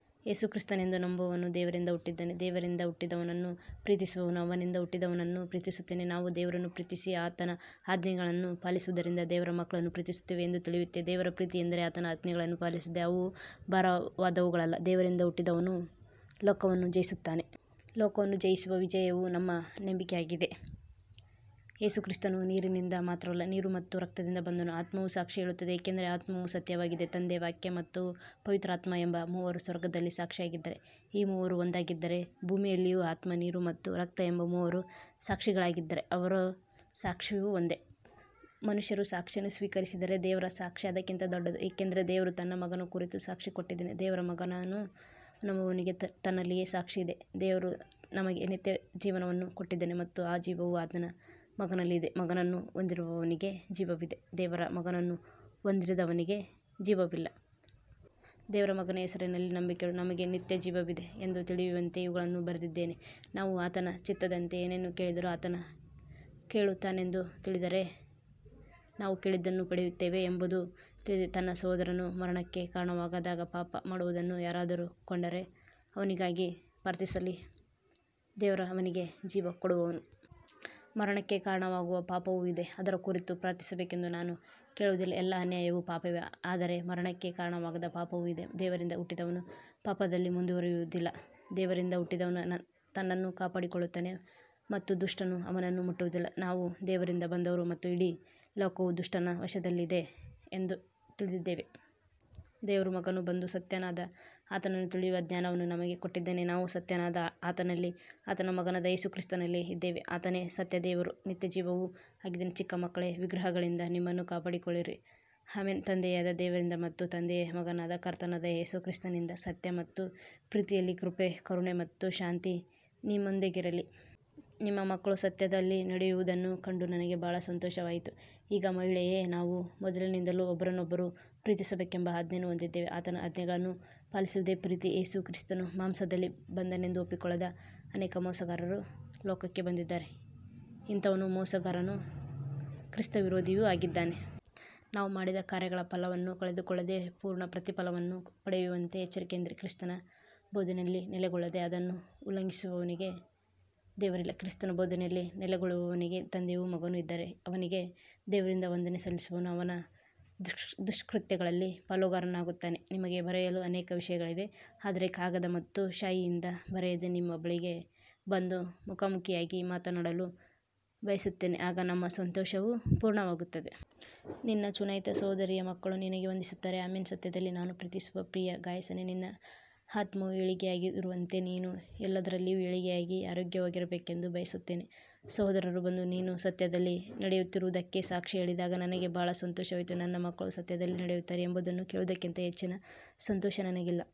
ಯೇಸು ಕ್ರಿಸ್ತನೆಂದು ನಂಬುವವನು ದೇವರಿಂದ ಹುಟ್ಟಿದ್ದಾನೆ. ದೇವರಿಂದ ಹುಟ್ಟಿದವನನ್ನು ಪ್ರೀತಿಸುವವನು ಅವನಿಂದ ಹುಟ್ಟಿದವನನ್ನೂ ಪ್ರೀತಿಸುತ್ತಾನೆ. ನಾವು ದೇವರನ್ನು ಪ್ರೀತಿಸಿ ಆತನ ಆಜ್ಞೆಗಳನ್ನು ಪಾಲಿಸುವುದರಿಂದ ದೇವರ ಮಕ್ಕಳನ್ನು ಪ್ರೀತಿಸುತ್ತೇವೆ ಎಂದು ತಿಳಿಯುತ್ತೇವೆ. ದೇವರ ಪ್ರೀತಿಯೆಂದರೆ ಆತನ ಆಜ್ಞೆಗಳನ್ನು ಪಾಲಿಸುವುದೇ, ಅವು ಭಾರವಾದವುಗಳಲ್ಲ. ದೇವರಿಂದ ಹುಟ್ಟಿದವನು ಲೋಕವನ್ನು ಜಯಿಸುತ್ತಾನೆ. ಲೋಕವನ್ನು ಜಯಿಸುವ ವಿಜಯವು ನಮ್ಮ ನಂಬಿಕೆಯಾಗಿದೆ. ಯೇಸು ಕ್ರಿಸ್ತನು ನೀರಿನಿಂದ ಮಾತ್ರವಲ್ಲ, ನೀರು ಮತ್ತು ರಕ್ತದಿಂದ ಬಂದನು. ಆತ್ಮವೂ ಸಾಕ್ಷಿ ಹೇಳುತ್ತದೆ, ಏಕೆಂದರೆ ಆತ್ಮವು ಸತ್ಯವಾಗಿದೆ. ತಂದೆ, ವಾಕ್ಯ ಮತ್ತು ಪವಿತ್ರಾತ್ಮ ಎಂಬ ಮೂವರು ಸ್ವರ್ಗದಲ್ಲಿ ಸಾಕ್ಷಿಯಾಗಿದ್ದಾರೆ, ಈ ಮೂವರು ಒಂದಾಗಿದ್ದಾರೆ. ಭೂಮಿಯಲ್ಲಿಯೂ ಆತ್ಮ, ನೀರು ಮತ್ತು ರಕ್ತ ಎಂಬ ಮೂವರು ಸಾಕ್ಷಿಗಳಿದ್ದಾರೆ, ಅವರ ಸಾಕ್ಷಿಯೂ ಒಂದೇ. ಮನುಷ್ಯರ ಸಾಕ್ಷಿಯನ್ನು ಸ್ವೀಕರಿಸಿದರೆ ದೇವರ ಸಾಕ್ಷಿ ಅದಕ್ಕಿಂತ ದೊಡ್ಡದು, ಏಕೆಂದರೆ ದೇವರು ತನ್ನ ಮಗನ ಕುರಿತು ಸಾಕ್ಷಿ ಕೊಟ್ಟಿದ್ದಾನೆ. ದೇವರ ಮಗನನ್ನು ನಂಬುವವನಿಗೆ ತನ್ನಲ್ಲಿಯೇ ಸಾಕ್ಷಿಯಿದೆ. ದೇವರು ನಮಗೆ ನಿತ್ಯಜೀವವನ್ನು ಕೊಟ್ಟಿದ್ದಾನೆ ಮತ್ತು ಆ ಜೀವವು ಆತನ ಮಗನಲ್ಲಿ ಇದೆ. ಮಗನನ್ನು ಹೊಂದಿರುವವನಿಗೆ ಜೀವವಿದೆ, ದೇವರ ಮಗನನ್ನು ಹೊಂದಿರದವನಿಗೆ ಜೀವವಿಲ್ಲ. ದೇವರ ಮಗನ ಹೆಸರಿನಲ್ಲಿ ನಂಬಿಕೆಯಿಡುವ ನಿಮಗೆ ನಿತ್ಯಜೀವವಿದೆ ಎಂದು ತಿಳಿಯುವಂತೆ ಇವುಗಳನ್ನು ಬರೆದಿದ್ದೇನೆ. ನಾವು ಆತನ ಚಿತ್ತದಂತೆ ಏನನ್ನೇ ಕೇಳಿದರೂ ಆತನು ಕೇಳುತ್ತಾನೆಂದು ತಿಳಿದರೆ, ನಾವು ಕೇಳಿದ್ದನ್ನು ಪಡೆಯುತ್ತೇವೆ ಎಂಬುದೂ ತಿಳಿದಿದೆ. ತನ್ನ ಸಹೋದರನು ಮರಣಕ್ಕೆ ಕಾರಣವಾಗದ ಪಾಪ ಮಾಡುವುದನ್ನು ಯಾರಾದರೂ ಕಂಡರೆ ಅವನಿಗಾಗಿ ಪ್ರಾರ್ಥಿಸಲಿ, ದೇವರು ಅವನಿಗೆ ಜೀವ ಕೊಡುವನು. ಮರಣಕ್ಕೆ ಕಾರಣವಾಗುವ ಪಾಪವೂ ಇದೆ, ಅದರ ಕುರಿತು ಪ್ರಾರ್ಥಿಸಬೇಕೆಂದು ನಾನು ಹೇಳುವುದಿಲ್ಲ. ಎಲ್ಲಾ ಅನ್ಯಾಯವೂ ಪಾಪವೇ, ಆದರೆ ಮರಣಕ್ಕೆ ಕಾರಣವಾಗದ ಪಾಪವೂ ಇದೆ. ದೇವರಿಂದ ಹುಟ್ಟಿದವನು ಪಾಪದಲ್ಲಿ ಮುಂದುವರಿಯುವುದಿಲ್ಲ, ದೇವರಿಂದ ಹುಟ್ಟಿದವನು ತನ್ನನ್ನು ಕಾಪಾಡಿಕೊಳ್ಳುತ್ತಾನೆ ಮತ್ತು ದುಷ್ಟನು ಅವನನ್ನು ಮುಟ್ಟುವುದಿಲ್ಲ. ನಾವು ದೇವರಿಂದ ಬಂದವರು ಮತ್ತು ಇಡೀ ಲೋಕವು ದುಷ್ಟನ ವಶದಲ್ಲಿದೆ ಎಂದು ತಿಳಿದಿದ್ದೇವೆ. ದೇವರ ಮಗನು ಬಂದು ಸತ್ಯನಾದ ಆತನನ್ನು ತಿಳಿಯುವ ಜ್ಞಾನವನ್ನು ನಮಗೆ ಕೊಟ್ಟಿದ್ದಾನೆ. ನಾವು ಸತ್ಯನಾದ ಆತನಲ್ಲಿ, ಆತನ ಮಗನಾದ ಯೇಸು ಕ್ರಿಸ್ತನಲ್ಲಿ ಇದ್ದೇವೆ. ಆತನೇ ಸತ್ಯ ದೇವರೂ ನಿತ್ಯಜೀವವೂ ಆಗಿದ್ದಾನೆ. ಚಿಕ್ಕ ಮಕ್ಕಳೇ, ವಿಗ್ರಹಗಳಿಂದ ನಿಮ್ಮನ್ನು ಕಾಪಾಡಿಕೊಳ್ಳಿರಿ. ಆಮೆನ್. ತಂದೆಯಾದ ದೇವರಿಂದ ಮತ್ತು ತಂದೆಯ ಮಗನಾದ ಕರ್ತನಾದ ಯೇಸು ಕ್ರಿಸ್ತನಿಂದ ಸತ್ಯ ಮತ್ತು ಪ್ರೀತಿಯಲ್ಲಿ ಕೃಪೆ, ಕರುಣೆ ಮತ್ತು ಶಾಂತಿ ನಿಮ್ಮೊಂದಿಗಿರಲಿ. ನಿಮ್ಮ ಮಕ್ಕಳು ಸತ್ಯದಲ್ಲಿ ನಡೆಯುವುದನ್ನು ಕಂಡು ನನಗೆ ಬಹಳ ಸಂತೋಷವಾಯಿತು. ಈಗ ಮಹಿಳೆಯೇ, ನಾವು ಮೊದಲಿನಿಂದಲೂ ಒಬ್ಬರನ್ನೊಬ್ಬರು ಪ್ರೀತಿಸಬೇಕೆಂಬ ಆಜ್ಞೆಯನ್ನು ಹೊಂದಿದ್ದೇವೆ. ಆತನ ಆಜ್ಞೆಗಳನ್ನು ಪಾಲಿಸುವುದೇ ಪ್ರೀತಿ. ಯೇಸು ಕ್ರಿಸ್ತನು ಮಾಂಸದಲ್ಲಿ ಬಂದನೆಂದು ಒಪ್ಪಿಕೊಳ್ಳದ ಅನೇಕ ಮೋಸಗಾರರು ಲೋಕಕ್ಕೆ ಬಂದಿದ್ದಾರೆ. ಇಂಥವನು ಮೋಸಗಾರನೂ ಕ್ರಿಸ್ತವಿರೋಧಿಯೂ ಆಗಿದ್ದಾನೆ. ನಾವು ಮಾಡಿದ ಕಾರ್ಯಗಳ ಫಲವನ್ನು ಕಳೆದುಕೊಳ್ಳದೆ ಪೂರ್ಣ ಪ್ರತಿಫಲವನ್ನು ಪಡೆಯುವಂತೆ ಎಚ್ಚರಿಕೆಯಿಂದಿರಿ. ಕ್ರಿಸ್ತನ ಬೋಧನೆಯಲ್ಲಿ ನೆಲೆಗೊಳ್ಳದೆ ಅದನ್ನು ಉಲ್ಲಂಘಿಸುವವನಿಗೆ ದೇವರಿಲ್ಲ. ಕ್ರಿಸ್ತನ ಬೋಧನೆಯಲ್ಲಿ ನೆಲೆಗೊಳ್ಳುವವನಿಗೆ ತಂದೆಯೂ ಮಗನೂ ಇದ್ದಾರೆ. ಅವನಿಗೆ ದೇವರಿಂದ ವಂದನೆ ಸಲ್ಲಿಸುವವನು ಅವನ ದುಷ್ಕೃತ್ಯಗಳಲ್ಲಿ ಪಾಲುಗಾರನಾಗುತ್ತಾನೆ. ನಿಮಗೆ ಬರೆಯಲು ಅನೇಕ ವಿಷಯಗಳಿವೆ, ಆದರೆ ಕಾಗದ ಮತ್ತು ಶಾಯಿಯಿಂದ ಬರೆಯದೆ ನಿಮ್ಮ ಬಳಿಗೆ ಬಂದು ಮುಖಾಮುಖಿಯಾಗಿ ಮಾತನಾಡಲು ಬಯಸುತ್ತೇನೆ, ಆಗ ನಮ್ಮ ಸಂತೋಷವು ಪೂರ್ಣವಾಗುತ್ತದೆ. ನಿನ್ನ ಚುನಾಯಿತ ಸಹೋದರಿಯ ಮಕ್ಕಳು ನಿನಗೆ ವಂದಿಸುತ್ತಾರೆ. ಆಮೆನ್. ಸತ್ಯದಲ್ಲಿ ನಾನು ಪ್ರೀತಿಸುವ ಪ್ರಿಯ ಗಾಯಸನೇ, ನಿನ್ನ ಆತ್ಮವು ಏಳಿಗೆಯಾಗಿರುವಂತೆ ನೀನು ಎಲ್ಲದರಲ್ಲಿಯೂ ಏಳಿಗೆಯಾಗಿ ಆರೋಗ್ಯವಾಗಿರಬೇಕೆಂದು ಬಯಸುತ್ತೇನೆ. ಸಹೋದರರು ಬಂದು ನೀನು ಸತ್ಯದಲ್ಲಿ ನಡೆಯುತ್ತಿರುವುದಕ್ಕೆ ಸಾಕ್ಷಿ ಹೇಳಿದಾಗ ನನಗೆ ಬಹಳ ಸಂತೋಷವಾಯಿತು. ನನ್ನ ಮಕ್ಕಳು ಸತ್ಯದಲ್ಲಿ ನಡೆಯುತ್ತಾರೆ ಎಂಬುದನ್ನು ಕೇಳುವುದಕ್ಕಿಂತ ಹೆಚ್ಚಿನ ಸಂತೋಷ ನನಗಿಲ್ಲ.